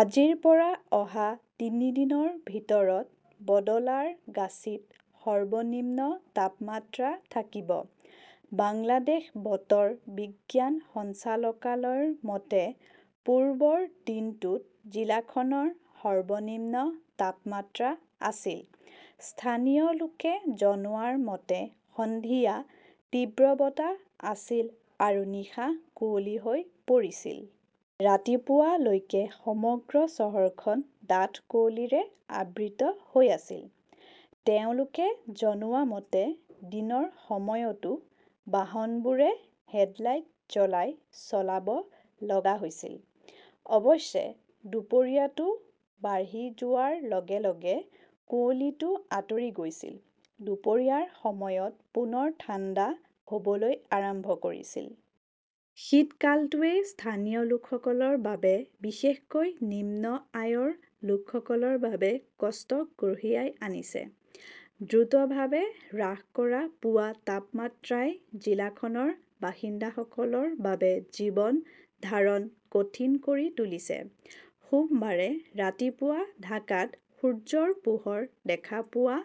আজিৰ পৰা অহা তিনি দিনৰ ভিতৰত বদলাৰগাচীত সৰ্বনিম্ন তাপমাত্ৰা থাকিব। বাংলাদেশ বতৰ বিজ্ঞান সঞ্চালকালয়ৰ মতে, পূৰ্বৰ দিনটোত জিলাখনৰ সৰ্বনিম্ন তাপমাত্ৰা আছিল। স্থানীয় লোকে জনোৱা মতে সন্ধিয়া তীব্ৰ বতাহ আছিল আৰু নিশা কুঁৱলী হৈ পৰিছিল। ৰাতিপুৱা লৈকে সমগ্ৰ চহৰখন ডাঠ কুঁৱলীৰে আবৃত হৈ আছিল। তেওঁলোকে জনোৱা মতে, দিনৰ সময়তো বাহনবোৰে হেডলাইট জ্বলাই চলিব লগা হৈছিল। অৱশ্যে, দুপৰীয়াটো বাঢ়ি যোৱাৰ লগে লগে কুঁৱলীটো আঁতৰি গৈছিল। দুপৰীয়াৰ সময়ত পুনৰ ঠাণ্ডা হ'বলৈ আৰম্ভ কৰিছিল। শীতকালটোৱে স্থানীয় লোকসকলৰ বাবে বিশেষকৈ নিম্ন আয়ৰ লোকসকলৰ বাবে কষ্ট কঢ়িয়াই আনিছে। দ্ৰুতভাৱে হ্ৰাস পোৱা তাপমাত্ৰাই জিলাখনৰ বাসিন্দাসকলৰ বাবে জীৱন ধাৰণ কঠিন কৰি তুলিছে। সোমবাৰে ৰাতিপুৱা ঢাকাত সূৰ্যৰ পোহৰ দেখা পোৱা,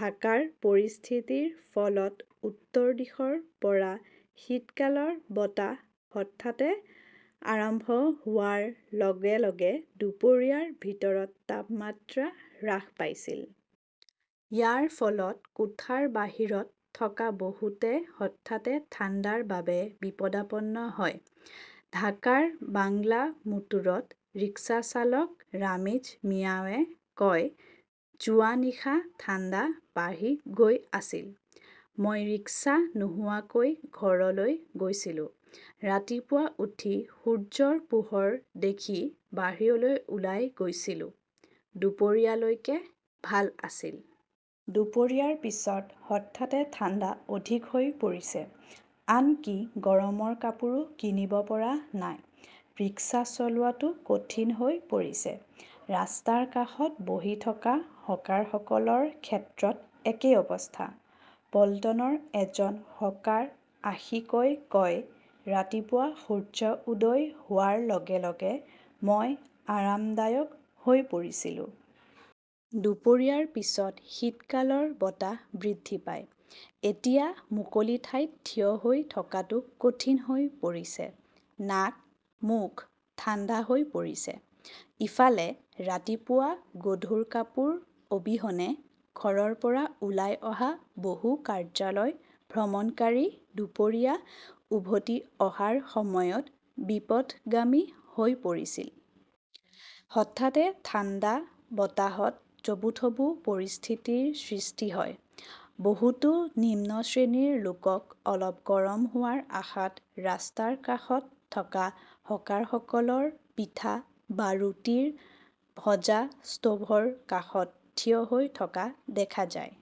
ঢাকাৰ পৰিস্থিতিৰ ফলত উত্তৰ দিশৰ পৰা শীতকালৰ বতাহ হঠাতে আৰম্ভ হোৱাৰ লগে লগে দুপৰীয়াৰ ভিতৰত তাপমাত্ৰা হ্ৰাস পাইছিল। ইয়াৰ ফলত কোঠাৰ বাহিৰত থকা বহুতে হঠাতে ঠাণ্ডাৰ বাবে বিপদাপন্ন হয়। ঢাকাৰ বাংলামোটোৰত ৰিক্সা চালক ৰামিজ মিয়াৱে কয়,"যোৱা নিশা ঠাণ্ডা বাঢ়ি গৈ আছিল।" মই ৰিক্সা নোলোৱাকৈ ঘৰলৈ গৈছিলোঁ। ৰাতিপুৱা উঠি সূৰ্যৰ পোহৰ দেখি বাহিৰলৈ ওলাই গৈছিলোঁ, দুপৰীয়া লৈকে ভাল আছিল। দুপৰীয়াৰ পিছত হঠাতে ঠাণ্ডা অধিক হৈ পৰিছে। আনকি গৰমৰ কাপোৰো কিনিব পৰা নাই। ৰিক্সা চলোৱাটো কঠিন হৈ পৰিছে। ৰাস্তাৰ কাষত বহি থকা হকাৰসকলৰ ক্ষেত্ৰতো একেই অৱস্থা। পল্টনৰ এজন হকাৰ আশিকই কয়,"ৰাতিপুৱা সূৰ্য উদয় হোৱাৰ লগে লগে মই আৰামদায়ক হৈ পৰিছিলো।" দুপৰীয়াৰ পিছত শীতকালৰ বতাহ বৃদ্ধি পায়। এতিয়া মুকলি ঠাইত থিয় হৈ থকাটো কঠিন হৈ পৰিছে। নাক, মুখ ঠাণ্ডা হৈ পৰিছে। ইফালে ৰাতিপুৱা গধুৰ কাপোৰ অবিহনে ঘৰৰ পৰা ওলাই অহা বহু কাৰ্যালয় ভ্ৰমণকাৰী দুপৰীয়া উভতি অহাৰ সময়ত বিপথগামী হৈ পৰিছিল। হঠাতে ঠাণ্ডা বতাহত জুবুথুবু পৰিস্থিতিৰ সৃষ্টি হয়। বহুতো নিম্ন শ্ৰেণীৰ লোকক অলপ গৰম হোৱাৰ আশাত ৰাস্তাৰ কাষত থকা হকাৰসকলৰ পিঠা বা ৰুটিৰ ভজা ষ্টোভৰ কাষত থিয় হৈ থকা দেখা যায়।